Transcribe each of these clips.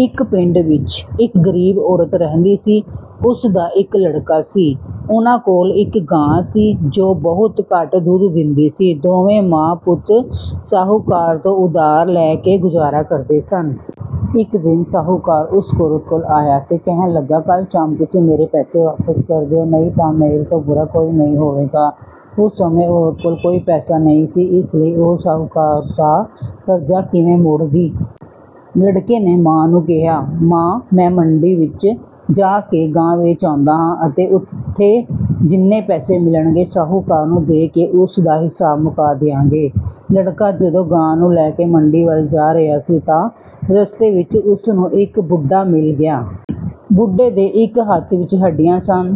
ਇੱਕ ਪਿੰਡ ਵਿੱਚ ਇੱਕ ਗ਼ਰੀਬ ਔਰਤ ਰਹਿੰਦੀ ਸੀ। ਉਸ ਦਾ ਇੱਕ ਲੜਕਾ ਸੀ। ਉਹਨਾਂ ਕੋਲ ਇੱਕ ਗਾਂ ਸੀ, ਜੋ ਬਹੁਤ ਘੱਟ ਦੁੱਧ ਦਿੰਦੀ ਸੀ। ਦੋਵੇਂ ਮਾਂ-ਪੁੱਤ ਸ਼ਾਹੂਕਾਰ ਤੋਂ ਉਧਾਰ ਲੈ ਕੇ ਗੁਜ਼ਾਰਾ ਕਰਦੇ ਸਨ। ਇੱਕ ਦਿਨ ਸ਼ਾਹੂਕਾਰ ਉਸ ਔਰਤ ਕੋਲ ਆਇਆ ਅਤੇ ਕਹਿਣ ਲੱਗਾ, "ਕੱਲ੍ਹ ਸ਼ਾਮ ਤੱਕ ਤੁਸੀਂ ਮੇਰੇ ਸਾਰੇ ਪੈਸੇ ਵਾਪਸ ਕਰ ਦਿਓ, ਨਹੀਂ ਤਾਂ ਮੇਰੇ ਤੋਂ ਬੁਰਾ ਕੋਈ ਨਹੀਂ ਹੋਵੇਗਾ।" ਉਸ ਸਮੇਂ ਔਰਤ ਕੋਲ ਕੋਈ ਪੈਸਾ ਨਹੀਂ ਸੀ, ਇਸ ਲਈ ਉਹ ਸ਼ਾਹੂਕਾਰ ਦਾ ਕਰਜ਼ਾ ਕਿਵੇਂ ਮੋੜਦੀ? ਲੜਕੇ ਨੇ ਮਾਂ ਨੂੰ ਕਿਹਾ, "ਮਾਂ, ਮੈਂ ਮੰਡੀ ਵਿੱਚ ਜਾ ਕੇ ਗਾਂ ਵੇਚ ਆਉਂਦਾ ਹਾਂ ਅਤੇ ਉੱਥੋਂ ਜਿੰਨੇ ਪੈਸੇ ਮਿਲਣਗੇ, ਸ਼ਾਹੂਕਾਰ ਨੂੰ ਦੇ ਕੇ ਉਸ ਦਾ ਹਿਸਾਬ ਮੁਕਾ ਦਿਆਂਗੇ।" ਲੜਕਾ ਜਦੋਂ ਗਾਂ ਲੈ ਕੇ ਮੰਡੀ ਵੱਲ ਜਾ ਰਿਹਾ ਸੀ ਤਾਂ ਰਸਤੇ ਵਿੱਚ ਉਸ ਨੂੰ ਇੱਕ ਬੁੱਢਾ ਮਿਲ ਗਿਆ। ਬੁੱਢੇ ਦੇ ਇੱਕ ਹੱਥ ਵਿੱਚ ਹੱਡੀਆਂ ਸਨ।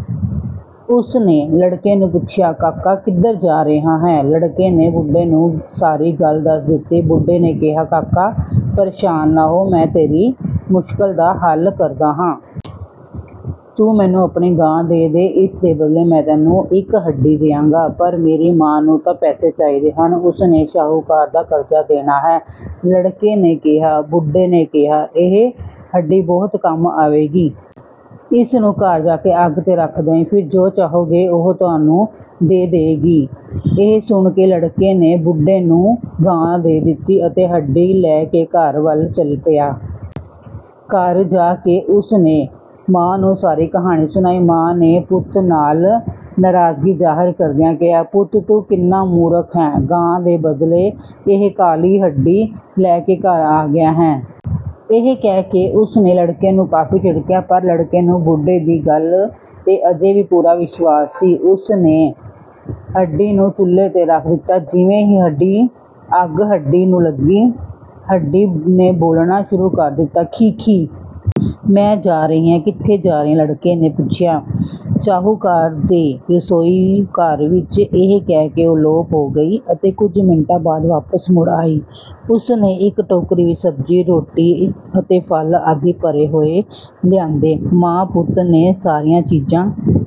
ਉਸ ਨੇ ਲੜਕੇ ਨੂੰ ਪੁੱਛਿਆ, "ਕਾਕਾ, ਕਿੱਧਰ ਜਾ ਰਿਹਾ ਹੈਂ?" ਲੜਕੇ ਨੇ ਬੁੱਢੇ ਨੂੰ ਸਾਰੀ ਗੱਲ ਦੱਸ ਦਿੱਤੀ। ਬੁੱਢੇ ਨੇ ਕਿਹਾ, "ਕਾਕਾ, ਪ੍ਰੇਸ਼ਾਨ ਨਾ ਹੋ, ਮੈਂ ਤੇਰੀ ਮੁਸ਼ਕਲ ਦਾ ਹੱਲ ਕਰਦਾ ਹਾਂ। ਤੂੰ ਮੈਨੂੰ ਆਪਣੀ ਗਾਂ ਦੇ ਦੇ, ਇਸ ਦੇ ਬਦਲੇ ਮੈਂ ਤੈਨੂੰ ਇੱਕ ਹੱਡੀ ਦੇਵਾਂਗਾ।" "ਪਰ ਮੇਰੀ ਮਾਂ ਨੂੰ ਤਾਂ ਪੈਸੇ ਚਾਹੀਦੇ ਹਨ, ਉਸ ਨੇ ਸ਼ਾਹੂਕਾਰ ਦਾ ਕਰਜ਼ਾ ਦੇਣਾ ਹੈ," ਲੜਕੇ ਨੇ ਕਿਹਾ। ਬੁੱਢੇ ਨੇ ਕਿਹਾ, "ਇਹ ਹੱਡੀ ਬਹੁਤ ਕੰਮ ਆਵੇਗੀ। ਇਸ ਨੂੰ ਘਰ ਜਾ ਕੇ ਅੱਗ 'ਤੇ ਰੱਖ ਦੇਵੀਂ, ਫਿਰ ਜੋ ਵੀ ਚਾਹੋਗੇ, ਇਹ ਤੁਹਾਨੂੰ ਦੇ ਦੇਵੇਗੀ।" ਇਹ ਸੁਣ ਕੇ ਲੜਕੇ ਨੇ ਬੁੱਢੇ ਨੂੰ ਗਾਂ ਦੇ ਦਿੱਤੀ ਅਤੇ ਹੱਡੀ ਲੈ ਕੇ ਘਰ ਵੱਲ ਚੱਲ ਪਿਆ। ਘਰ ਜਾ ਕੇ ਉਸ ਨੇ ਮਾਂ ਨੂੰ ਸਾਰੀ ਕਹਾਣੀ ਸੁਣਾਈ। ਮਾਂ ਨੇ ਪੁੱਤ ਨਾਲ ਨਾਰਾਜ਼ਗੀ ਜ਼ਾਹਰ ਕਰਦਿਆਂ ਕਿਹਾ, "ਪੁੱਤ, ਤੂੰ ਕਿੰਨਾ ਮੂਰਖ ਹੈਂ! ਗਾਂ ਦੇ ਬਦਲੇ ਇਹ ਕਾਲੀ ਹੱਡੀ ਲੈ ਕੇ ਘਰ ਆ ਗਿਆ ਹੈਂ?" ਇਹ ਕਹਿ ਕੇ ਉਸ ਨੇ ਲੜਕੇ ਨੂੰ ਕਾਫ਼ੀ ਝਿੜਕਿਆ। ਪਰ ਲੜਕੇ ਨੂੰ ਬੁੱਢੇ ਦੀ ਗੱਲ 'ਤੇ ਅਜੇ ਵੀ ਪੂਰਾ ਵਿਸ਼ਵਾਸ ਸੀ। ਉਸ ਨੇ ਹੱਡੀ ਨੂੰ ਚੁੱਲ੍ਹੇ 'ਤੇ ਰੱਖ ਦਿੱਤਾ। ਜਿਵੇਂ ਹੀ ਅੱਗ ਹੱਡੀ ਨੂੰ ਲੱਗੀ, ਹੱਡੀ ਨੇ ਬੋਲਣਾ ਸ਼ੁਰੂ ਕਰ ਦਿੱਤਾ, "ਖੀਂ-ਖੀਂ... ਮੈਂ ਜਾ ਰਹੀ ਹਾਂ।" "ਕਿੱਥੇ ਜਾ ਰਹੀ ਹੈਂ?" ਲੜਕੇ ਨੇ ਪੁੱਛਿਆ। "ਸ਼ਾਹੂਕਾਰ ਦੇ ਰਸੋਈ ਘਰ ਵਿੱਚ," ਇਹ ਕਹਿ ਕੇ ਉਹ ਲੋਪ ਹੋ ਗਈ ਅਤੇ ਕੁਝ ਮਿੰਟਾਂ ਬਾਅਦ ਵਾਪਸ ਮੁੜ ਆਈ। ਉਸ ਨੇ ਇੱਕ ਟੋਕਰੀ ਵਿੱਚ ਸਬਜ਼ੀ, ਰੋਟੀਆਂ ਅਤੇ ਫ਼ਲ ਆਦਿ ਭਰੇ ਹੋਏ ਲਿਆਂਦੇ। ਮਾਂ-ਪੁੱਤ ਨੇ ਸਾਰੀਆਂ ਚੀਜ਼ਾਂ